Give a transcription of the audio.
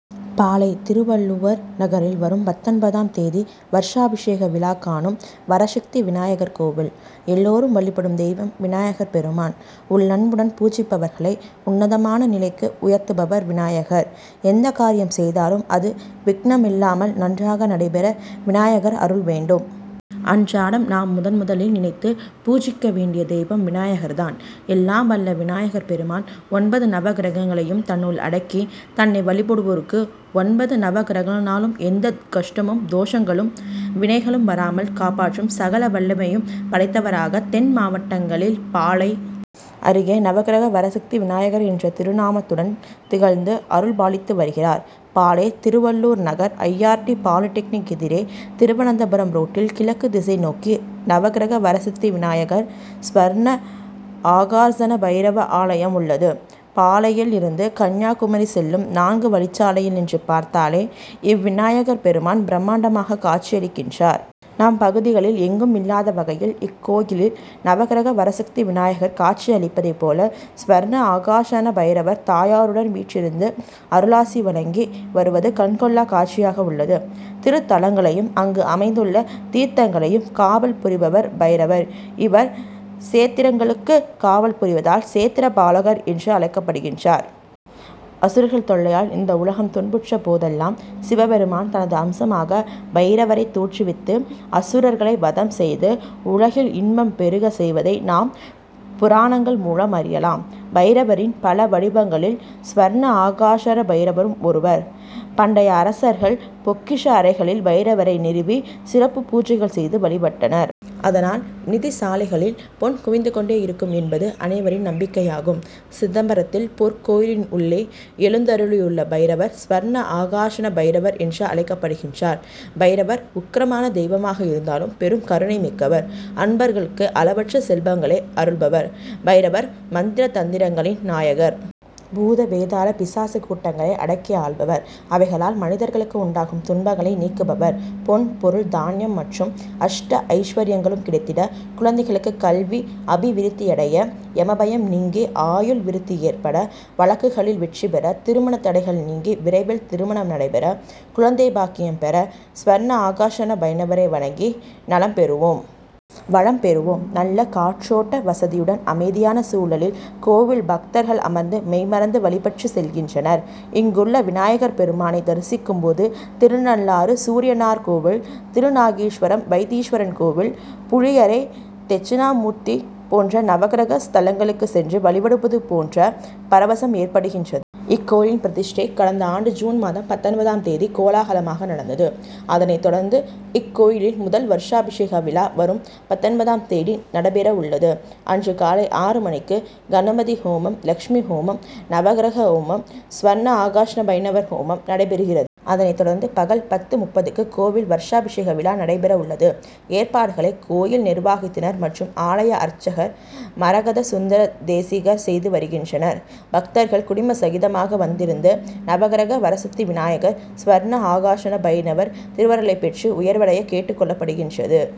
பாளை., திருவள்ளூவர் நகரில் வரும் பத்தொன்பதாம் தேதி வருஷாபிஷேக விழா காணும் வரசித்தி விநாயகர் கோயில்எல்லோரும் வழிபடும் தெய்வம் விநாயகர் பெருமான். உள்ளன்புடன் பூஜிப்பவர்களை உன்னதமான நிலைக்கு உயர்த்துபவர் விநாயகர். எந்தக் காரியம் செய்தாலும் அது விக்னம் இல்லாமல் நன்றாக நடைபெற விநாயகர் அருள் வேண்டும். அன்றாடம் நாம் முதன் முதலில் நினைத்து பூஜிக்க வேண்டிய தெய்வம் விநாயகர்தான். எல்லாம் வல்ல விநாயகர் பெருமான் ஒன்பது நவக்கிரகங்களையும் தன்னுள் அடக்கி தன்னை வழிபடுவோருக்கு ஒன்பது நவக்கிரகங்களாலும் எந்தக் கஷ்டமும், தோஷங்களும், வினைகளும் வராமல் காப்பாற்றும் சகல வல்லமையும் படைத்தவராக தென் மாவட்டங்களில் பாளை., அருகே நவக்கிரக வரசித்தி விநாயகர் என்ற திருநாமத்துடன் திகழ்ந்து அருள் பாலித்து வருகிறார். Palai., Thiruvalluvar Nagar I. R. T., polytechnic எதிரே திருவனந்தபுரம் ரோடில் கிழக்குத் திசை நோக்கி நவக்கிரக வரசித்தி விநாயகர், சொர்ண ஆகர்ஷண பைரவ ஆலயம் உள்ளது. பாளை. யில் இருந்து கன்னியாகுமரி செல்லும் நான்கு வழிச்சாலையில் நின்று பார்த்தாலே இவ்விநாயகர் பெருமான் பிரமாண்டமாக காட்சியளிக்கின்றார். நம் பகுதிகளில் எங்கும் இல்லாத வகையில் இக்கோயிலில் நவக்கிரக வரசித்தி விநாயகர் காட்சி அளிப்பதைப் போல சொர்ண ஆகர்ஷண பைரவர் தாயாருடன் வீற்றிருந்து அருளாசி வழங்கி வருவது கண்கொள்ளாக் காட்சியாக உள்ளது. திருத்தலங்களையும், அங்கு அமைந்துள்ள தீர்த்தங்களையும் காவல் புரிபவர் பைரவர். இவர் சேத்திரங்களுக்குக் காவல் புரிவதால் சேத்திரப் பாலகர் என்று அழைக்கப்படுகிறார். அசுரர்கள் தொல்லையால் இந்த உலகம் துன்புற்ற போதெல்லாம் சிவபெருமான் தனது அம்சமாக பைரவரைத் தோற்றுவித்து, அசுரர்களை வதம் செய்து உலகில் இன்பம் பெருக செய்வதை நாம் புராணங்கள் மூலம் அறியலாம். பைரவரின் பல வடிவங்களில் சொர்ண ஆகர்ஷண பைரவரும் ஒருவர். பண்டைய அரசரகள் பொக்கிஷ அறைகளில் பைரவரை நிறுவி சிறப்புப் பூஜைகள் செய்து வழிபட்டனர். அதனால் நிதிசாலைகளில் பொன் குவிந்துக் கொண்டே இருக்கும் என்பது அனைவரின் நம்பிக்கையாகும். சிதம்பரத்தில் பொற்கோயிலின் உள்ளே எழுந்தருளிய பைரவர் சொர்ண ஆகர்ஷண பைரவர் என்று அழைக்கப்படுகிறார். பைரவர் உக்கிரமான தெய்வமாக இருந்தாலும் பெரும் கருணை மிக்கவர். அன்பர்களுக்கு அளவற்ற செல்வங்களை அருள்பவர். பைரவர் மந்திர, தந்திரங்களின் நாயகர். பூத, வேதாள, பிசாசுக் கூட்டங்களை அடக்கி ஆள்பவர். அவைகளால் மனிதர்களுக்கு உண்டாகும் துன்பங்களை நீக்குபவர். பொன், பொருள், தானியம் மற்றும் அஷ்ட ஐஸ்வரியங்களும் கிடைத்திட குழந்தைகளுக்கு கல்வி அபிவிருத்தியடைய, எமபயம் நீங்கி ஆயுள் விருத்தி ஏற்பட, வழக்குகளில் வெற்றி பெற திருமணத் தடைகள் நீங்கி விரைவில் திருமணம் நடைபெற குழந்தைப் பாக்கிய பெற சொர்ண ஆகர்ஷண பைரவரை வணங்கி நலம் பெறுவோம். வளம் பெறுவோம். நல்ல காற்றோட்ட வசதியுடன் அமைதியான சூழலில் கோயில் பக்தர்கள் அமர்ந்து மெய்மறந்து வழிபட்டுச் செல்கின்றனர். இங்குள்ள விநாயகர் பெருமானைத் தரிசிக்கும்போது திருநள்ளாறு சூரியனார் கோயில், திருநாகேஸ்வரம் வைத்தீஸ்வரன் கோயில், புளியரை தெட்சிணாமூர்த்தி போன்ற நவக்கிரக ஸ்தலங்களுக்குச் சென்று வழிபடுவது போன்ற பரவசம் ஏற்படுகிற. இக்கோயில் பிரதிஷ்டை கடந்த ஆண்டு ஜூன் மாதம் பத்தொன்பதாம் தேதி கோலாகலமாக நடந்தது. அதனைத் தொடர்ந்து இக்கோயிலின் முதல் வருஷாபிஷேக விழா வரும் பத்தொன்பது ம் தேதி நடைபெற உள்ளது. அன்று காலை ஆறு மணிக்கு கணபதி ஹோமம், லட்சுமி ஹோமம், நவக்கிரக ஹோமம், சொர்ண ஆகர்ஷண பைரவர் ஹோமம் நடைபெறுகிற. அதனைத் தொடர்ந்து பகல் பத்து.முப்பதுக்கு கோயில் வருஷாபிஷேக விழா நடைபெற உள்ளது. ஏற்பாடுகளை கோயில் நிர்வாகத்தினர் மற்றும் ஆலய அர்ச்சகர் மரகத சுந்தர தேசிகர் செய்து வருகின்றனர். பக்தர்கள் குடும்ப சகிதமாக வந்திருந்து நவக்கிரக வரசித்தி விநாயகர், சொர்ண ஆகர்ஷண பைரவர் திருவருளைப் பெற்று உயர்வடைய கேட்டுக் கொள்ளப்படுகின்றது.